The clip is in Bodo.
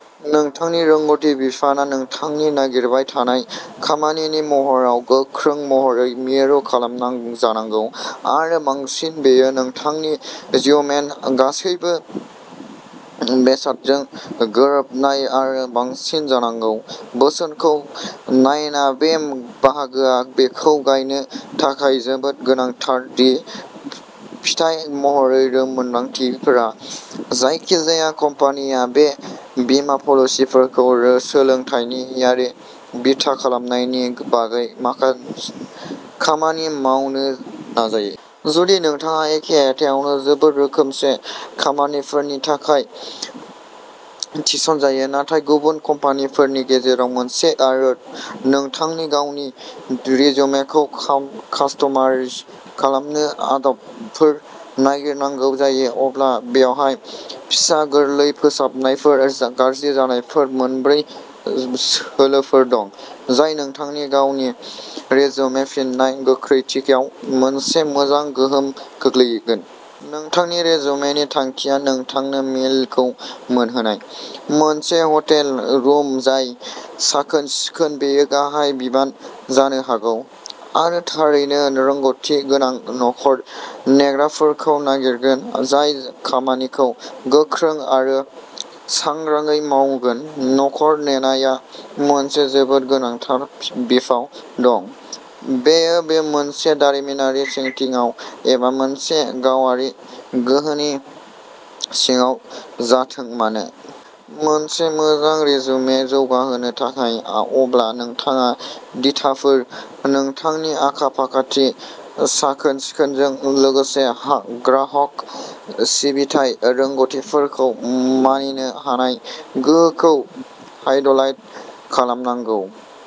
नोंथांनि रोंग'थि बिफानआ नोंथांनि नागिरबाय थानाय खामानिनि महराव गोख्रों महरै मिरु खालामजानांगौ आरो बांसिन बेयो नोंथांनि रिज्यूमेनि गासैबो बेसादजों गोरोबनाय आरो बांसिन जानांगौ। बोसोनखौ नायना बे बाहागोआ बेखौ गायसननो थाखाय जोबोद गोनांथार दि फिथाय महरै रोंग'थिफोरा, जायखिजाया कम्पानिया बे बिनायगिरिनि सोलोंथायारि बिथा खालामनायनि बागै खामानि मावनो नाजायो। जुदि नोंथाङा एखे हाथायावनो जोबोद रोखोमसे खामानिफोरनि थाखाय थिसनजायो, नाथाय गुबुन कम्पानिफोरनि गेजेराव मोनसे आरो नोंथांनि गावनि रिज्यूमेखौ कास्टमाइज खालामनो आदबफोर नागिरनांगौ जायो, अब्ला बेवहाय फिसा, गोरलै फोसाबनायफोर आर्जिनो मोनब्रै सोलोफोर दं, जाय नोंथांनि गावनि रिज्यूमे फिननाय गोख्रैथियाव मोनसे मोजां गोहोम खोख्लैगोन। नोंथांनि रिजुमेनि थांखिया नोंथांनो मेलखौ मोनहोनाय। मोनसे ह'टेल रुम जाय साखोन-सिखोन, बेयो गाहाय बिबान जानो हागौ, आरो थाबैनो रोंग'थि गोनां न'खर नेग्राफोरखौ नागिरगोन जाय खामानिखौ गोख्रै आरो सांग्राङै मावगोन। न'खर नेनाया मोनसे जोबोद गोनांथार बिफाव दं, बेयो मोनसे दारिमिनारि सेटिंआव एबा मोनसे गावारि गोहोनि सिङाव जाथों मानो। मोनसे मोजां रिजुमे जौगाहोनो थाखाय, अब्ला नोंथाङा दिथाफोर, नोंथांनि आखा-फाखाथि, साखोन-सिखोनजों लोगोसे ग्राहक सिबिथाइ रोंग'थिफोरखौ मानिनो हानाय गोहोखौ हाईलाइट खालामनांगौ।